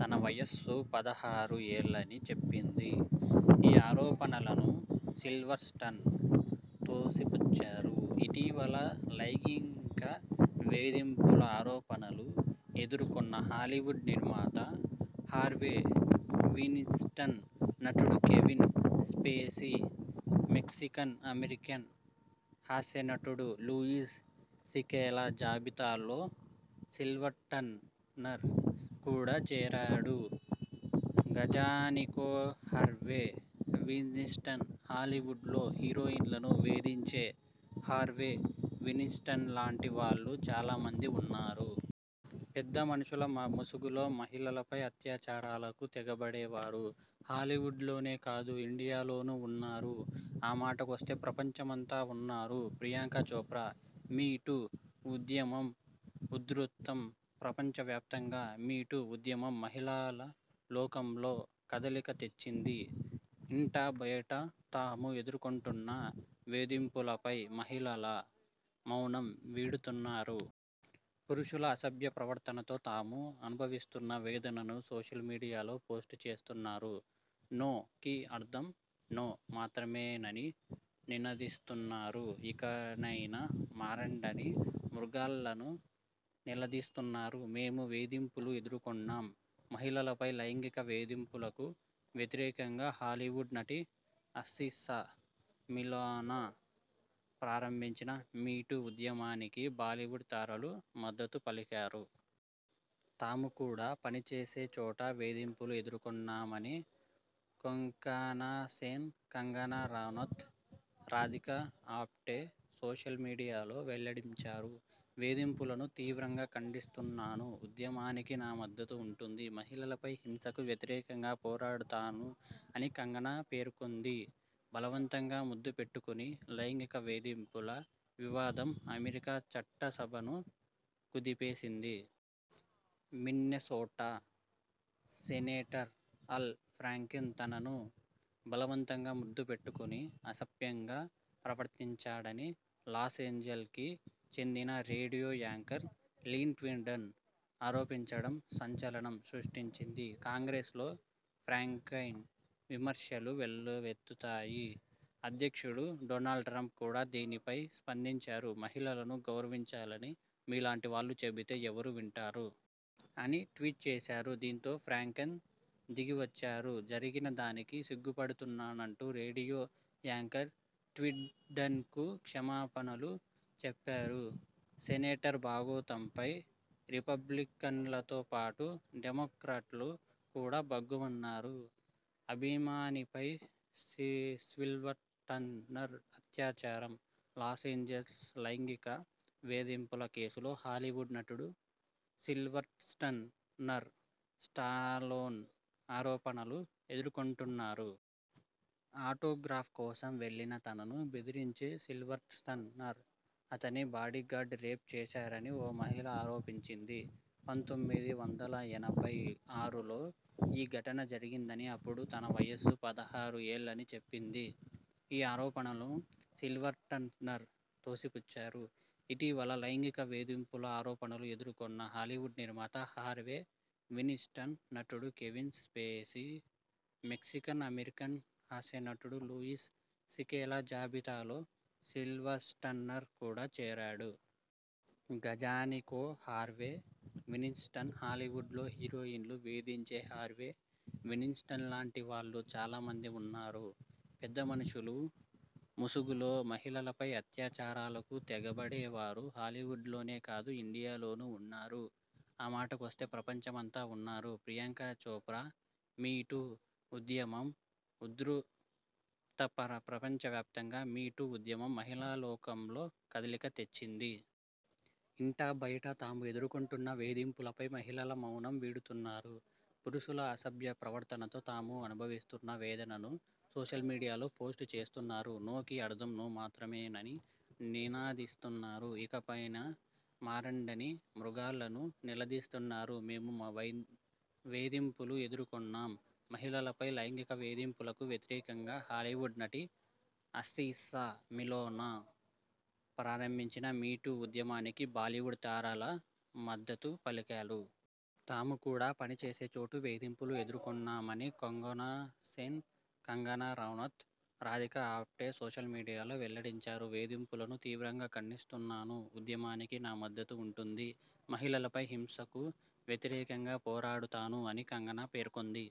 తన వయస్సు పదహారు ఏళ్లని చెప్పింది. ఈ ఆరోపణలను సిల్వర్స్టర్ తోసిపుచ్చారు. ఇటీవల లైంగిక వేధింపుల ఆరోపణలు ఎదుర్కొన్న హాలీవుడ్ నిర్మాత హార్వే వీన్స్టీన్, నటుడు కెవిన్ స్పేసీ, మెక్సికన్ అమెరికన్ హాస్యనటుడు లూయిస్ సీకేల జాబితాలో సిల్వర్స్టర్ కూడా చేరాడు. గజానికో హార్వే వీన్స్టీన్ ''హాలీవుడ్లో హీరోయిన్లను వేధించే హార్వే వీన్స్టీన్లాంటివాళ్లు చాలామంది ఉన్నారు. పెద్దమనుషుల ముసుగులో మహిళలపై అత్యాచారాలకు తెగబడేవారు హాలీవుడ్లోనే కాదు ఇండియాలోనూ ఉన్నారు. ఆ మాటకొస్తే ప్రపంచమంతా ఉన్నారు. ప్రియాంక చోప్రా 'మీ టూ' ఉద్యమం ఉధృతం ప్రపంచవ్యాప్తంగా 'మీ టూ' ఉద్యమం మహిళా లోకంలో కదలిక తెచ్చింది. ఇంటా బయటా తాము ఎదుర్కొంటున్న వేధింపులపై మహిళలు మౌనం వీడుతున్నారు. పురుషుల అసభ్య ప్రవర్తనతో తాము అనుభవిస్తున్న వేదనను సోషల్ మీడియాలో పోస్ట్ చేస్తున్నారు. 'నో'కి అర్థం 'నో' మాత్రమేనని నినదిస్తున్నారు. ఇకనైనా మారండని మృగాళ్లను నిలదీస్తున్నారు. మేమూ వేధింపులు ఎదుర్కొన్నాం మహిళలపై లైంగిక వేధింపులకు వ్యతిరేకంగా హాలీవుడ్ నటి అసిస్సా మిలానో ప్రారంభించిన 'మీ టూ' ఉద్యమానికి బాలీవుడ్ తారలు మద్దతు పలికారు. తాము కూడా పనిచేసే చోట వేధింపులు ఎదర్కొన్నామని కొంకణాసేన్, కంగనా రనౌత్, రాధికా ఆప్టే సోషల్ మీడియాలో వెల్లడించారు. 'వేధింపులను తీవ్రంగా ఖండిస్తున్నాను. ఉద్యమానికి నా మద్దతు ఉంటుంది. మహిళలపై హింసకు వ్యతిరేకంగా పోరాడుతాను' అని కంగనా పేర్కొంది. బలవంతంగా ముద్దుపెట్టుకుని లైంగిక వేధింపుల వివాదం అమెరికా చట్టసభను కుదిపేసింది. మిన్నెసోటా సెనేటర్ అల్ ఫ్రాంకెన్ తనను బలవంతంగా ముద్దు పెట్టుకుని, అసభ్యంగా ప్రవర్తించాడని లాస్ఏంజెల్ కి చెందిన రేడియో యాంకర్ లీన్ ట్వీడన్ ఆరోపించడం సంచలనం సృష్టించింది. కాంగ్రెస్ లో ఫ్రాంకెన్పై విమర్శలు వెల్లువెత్తాయి. అధ్యక్షుడు డొనాల్డ్ ట్రంప్ కూడా దీనిపై స్పందించారు. 'మహిళలను గౌరవించాలని మీలాంటివాళ్లు చెబితే ఎవరు వింటారు? ' అని ట్వీట్ చేశారు. దీంతో ఫ్రాంకెన్ దిగివచ్చారు. జరిగిన దానికి సిగ్గుపడుతున్నానంటూ రేడియో యాంకర్ ట్వీడన్కు క్షమాపణలు చెప్పారు. సెనేటర్ బాగోతంపై రిపబ్లికన్లతోబాటు, డెమోక్రాట్లు కూడా భగ్గుమన్నారు. అభిమానిపై సిల్వర్స్టర్ అత్యాచారం! లాస్ఏంజెలిస్ లైంగిక వేధింపుల కేసులో హాలీవుడ్ నటుడు సిల్వర్స్టర్ స్టాలోన్ ఆరోపణలు ఎదుర్కొంటున్నారు. ఆటోగ్రాఫ్ కోసం వెళ్లిన తనను బెదిరించి సిల్వర్స్టర్, అతని బాడీగార్డ్ రేప్ చేశారని ఓ మహిళ ఆరోపించింది. పంతొమ్మిది వందల ఎనభై ఆరులో ఈ ఘటన జరిగిందనీ, అప్పుడు తన వయస్సు పదహారు ఏళ్లని చెప్పింది. ఈ ఆరోపణలను సిల్వర్స్టర్ తోసిపుచ్చారు. ఇటీవల లైంగిక వేధింపుల ఆరోపణలు ఎదుర్కొన్న హాలీవుడ్ నిర్మాత హార్వే వీన్స్టీన్, నటుడు కెవిన్ స్పేసీ, మెక్సికన్ అమెరికన్ హాస్యనటుడు లూయిస్ సీకేల జాబితాలో సిల్వర్స్టర్ కూడా చేరాడు. గజానికో హార్వే వీన్స్టీన్ ''హాలీవుడ్లో హీరోయిన్లను వేధించే హార్వే వీన్స్టీన్లాంటివాళ్లు చాలామంది ఉన్నారు. పెద్దమనుషుల ముసుగులో మహిళలపై అత్యాచారాలకు తెగబడేవారు హాలీవుడ్లోనే కాదు ఇండియాలోనూ ఉన్నారు. ఆమాటకొస్తే ప్రపంచమంతా ఉన్నారు. ''ప్రియాంక చోప్రా'మీ టూ' ఉద్యమం ఉధృతంప్రపంచవ్యాప్తంగా 'మీ టూ' ఉద్యమం మహిళాలోకంలో కదలిక తెచ్చింది. ఇంటా బయటా తాము ఎదుర్కొంటున్న వేధింపులపై మహిళలు మౌనం వీడుతున్నారు. పురుషుల అసభ్య ప్రవర్తనతో తాము అనుభవిస్తున్న వేదనను సోషల్ మీడియాలో పోస్ట్ చేస్తున్నారు. 'నో'కి అర్థం 'నో' మాత్రమేనని నినదిస్తున్నారు. ఇకనైనా మారండని మృగాళ్లను నిలదీస్తున్నారు. మేమూ వేధింపులు ఎదుర్కొన్నాం.. మహిళలపై లైంగిక వేధింపులకు వ్యతిరేకంగా హాలీవుడ్ నటి అసిస్సా మిలానో ప్రారంభించిన 'మీ టూ' ఉద్యమానికి బాలీవుడ్ తారలు మద్దతు పలికారు. తాము కూడా పనిచేసే చోట వేధింపులు ఎదర్కొన్నామని కొంకణాసేన్, కంగనా రనౌత్, రాధికా ఆప్టే సోషల్ మీడియాలో వెల్లడించారు. 'వేధింపులను తీవ్రంగా ఖండిస్తున్నాను. ఉద్యమానికి నా మద్దతు ఉంటుంది. మహిళలపై హింసకు వ్యతిరేకంగా పోరాడుతాను' అని కంగనా పేర్కొంది.